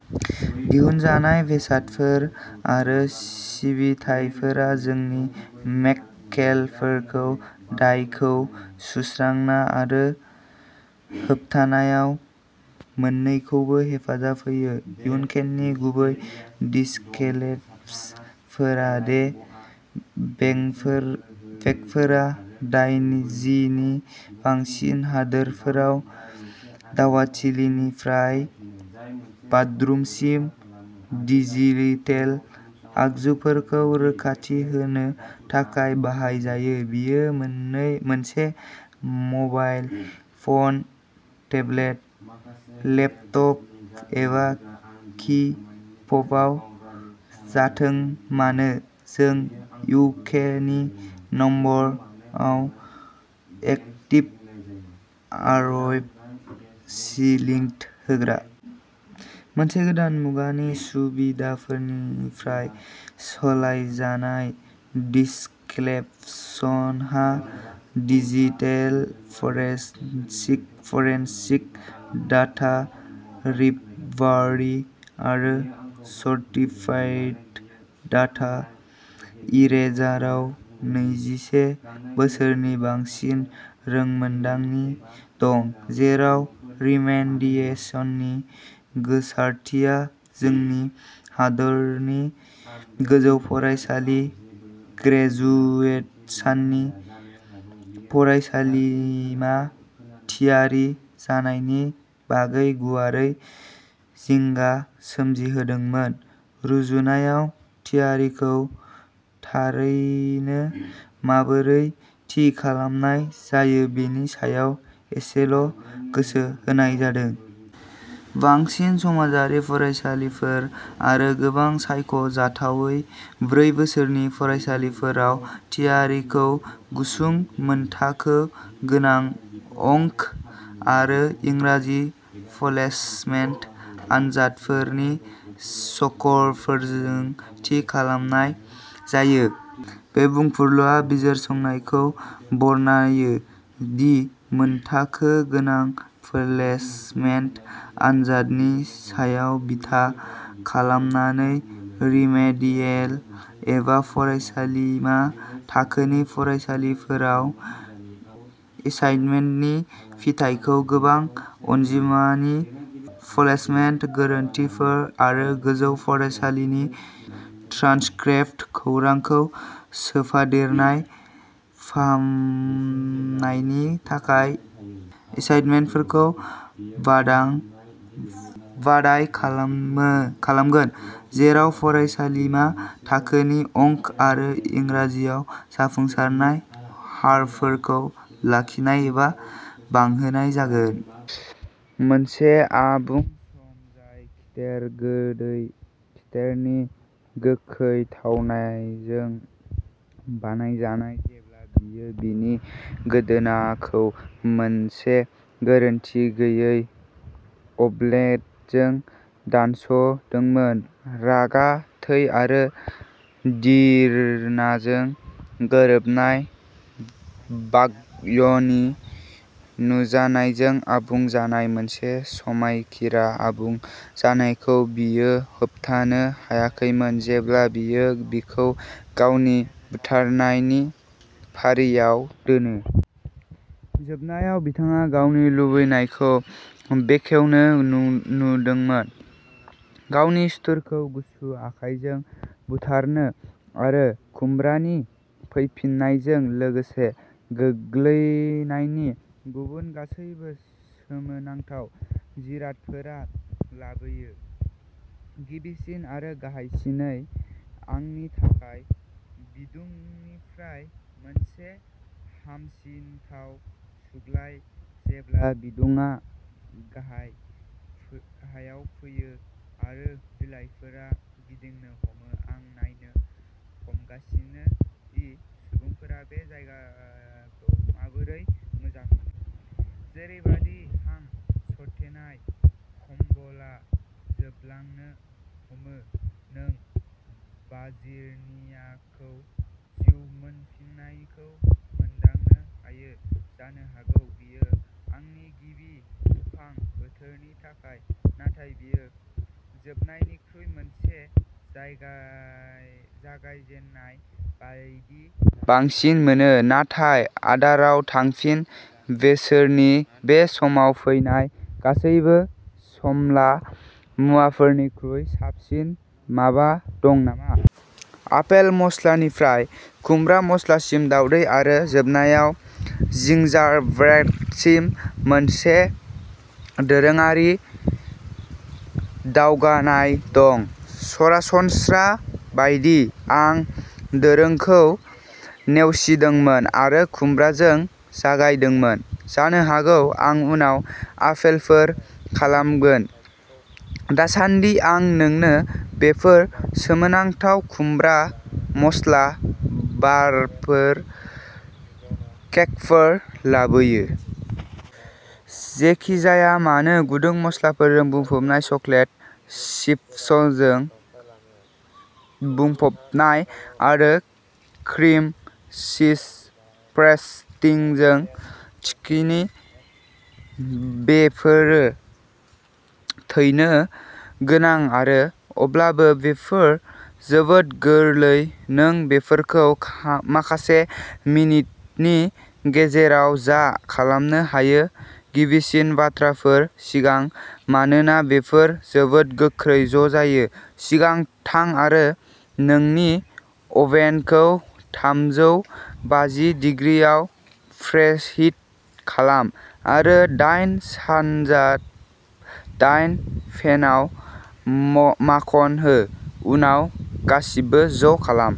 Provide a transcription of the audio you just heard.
दिहुनजानाय बेसादफोर आरो सिबिथायफोरा जोंनि मक्केलफोरखौ दायखौ सुस्रांनाय आरो होबथानाय मोननैखौबो हेफाजाब होयो। इउकेनि गुबै डिस्कलेब्स फेराडे बेगफोरा दाइजिनि बांसिन हादोरफोराव दावहाथिलिनिफ्राय बर्डरुमसिम डिजिटेल आगजुफोरखौ रैखाथि होनो थाखाय बाहाय जायो। बेयो मोनसे मबाइल फन, टेबलेट, लेपटप एबा कि फबआव जाथों मानो, जों इउकेनि number one active RF shielding होग्रा। मोनसे गोदान मुगानि सुबिदानिफ्राय सालायजानाय डिस्कलेब्सहा डिजिटेल फरेनसिक, डाटा रिकभारि आरो सार्टिफाइड डाटा इरेजाराव नैजिसे बोसोरनि बांसिन रोंमोनदांथि दं। जेराव रिमेडिएसननि गोसारथिया जोंनि हादोरनि गोजौ फरायसालि ग्रेजुएट्सनि फरायसालिमा थियारि जानायनि बागै गुवारै जिंगा सोमजिहोदोंमोन, रुजुनायाव थियारिखौ थारैनो माबोरै थि खालामनाय जायो बेनि सायाव एसेल' गोसो होनाय जादों। बांसिन समाजारि फरायसालिमाफोर आरो गोबां सायख'जाथावै ब्रै बोसोरनि फरायसालिमाफोराव, थियारिखौ गुसुं मानथाखो गोनां अंक आरो इंराजि प्लेसमेन्ट आनजादफोरनि स्करफोरजों थि खालामनाय जायो। बे बुंफुरलुआ बिजिरसंनायखौ बरनायो दि मानथाखो गोनां प्लेसमेन्ट आनजादनि सायाव बिथा खालामनानै रिमेडियेल एबा फरायसालिमा थाखोनि फरायफारिफोराव एसाइनमेन्टनि फिथाइफोरा गोबां अनजिमानि प्लेसमेन्ट गोरोन्थिफोर, आरो गोजौ फरायसालिनि ट्रान्सक्रिप्ट खौरांखौ सोफादेरनाया फाहामनायनि थाखाय एसाइनमेन्टफोरखौ बाङाइ खालामगोन, जेराव फरायसालिमा थाखोनि अंक आरो इंराजियाव जाफुंसारनाय हारफोरखौ लाखिनाय एबा बांहोनाय जागोन। मोनसे आबुं सम जाय खिथेर गोदै खिथेरनि गोखै थावनायजों बानायजानाय, जेब्ला बियो बिनि गोदोनाखौ मोनसे गोरोन्थि गैयै ब्लेडजों दानस'दोंमोन। रागा, थै आरो घिरनाजों गोरोबनाय, भाग्यनि नुजानायजों आबुं जानाय। मोनसे समायखिरा आबुं जानायखौ बियो होबथानो हायाखैमोन जेब्ला बियो बिखौ गावनि बुथारनायनि फारियाव दोनो। जोबनायाव बिथाङा गावनि लुबैनायखौ बेखेवनो नुदोंमोन। गावनि सुथुरखौ गुसु आखायजों बुथारनो आरो खुमब्रानि फैफिननायजों लोगोसे, गोग्लैनायनि गुबुन गासैबो सोमोनांथाव जिरादफोरा लाबोयो। गिबिसिन आरो गाहायसिनै, आंनि थाखाय, बिदुंनिफ्राय मोनसे हामसिनथाव सुग्लाय। जेब्ला बिदुंआ गाहायाव फैयो आरो बिलाइफोरा गिदिंनो हमो, आं नायनो हमगासिनो दि सुबुंफोरा बे जायगाखौ माबोरै मोजां मोनो। जेरैबादि हां सरथेनाय कम्बलआ जोबलांनो हमो, नों भार्जिनियाखौ जिउ मोनफिननायखौ मोनदांनो हायो। जानो हागौ बेयो आंनि गिबि दुफां बोथोरनि थाखाय, नाथाय बेयो जोबनायनिख्रुइ मोनसे जागायजेननाय बायदि बांसिन मोनो। नाथाय आदाराव थांफिन। बोसोरनि बे समाव फैनाय गासैबो मस्ला मुवाफोरनिख्रुइ साबसिन माबा दं नामा? आपेल मस्लानिफ्राय खुमब्रा मस्लासिम दावदै आरो जोबनायाव जिंजारब्रेडसिम मोनसे दोरोङारि दावगानाय दं। सरासनस्रा बायदि, आं दोरोंखौ नेवसिदोंमोन आरो खुमब्राजों जागायदोंमोन। जानो हागौ आं उनाव आपेलफोर खालामगोन। दासानदि, आं नोंनो बेफोर सोमोनांथाव खुमब्रा मस्ला बारफोर केकफोर लाबोयो? जेखि जाया मानो गुदुं मस्लाफोरजों बुंफबनाय चकलेट चिप्सजों बुंफबनाय आरो क्रिम चीज फ्रस्टिंजों थिखिनि बेफोरो थैनो गोनां आरो अब्लाबो, बेफोर जोबोद गोरलै, नों बेफोरखौ माखासे मिनिटनि गेजेराव ज'खालामनो हायो। गिबिसिन बाथ्राफोर सिगां। मानोना बेफोर जोबोद गोख्रै ज'जायो, सिगां थां आरो नोंनि अभेनखौ थामजौ बाजि दिग्रिआव प्रीहिट खालाम आरो दाइन सानजाब दाइन पेनआव माखन हो उनाव गासिबो ज' खालाम।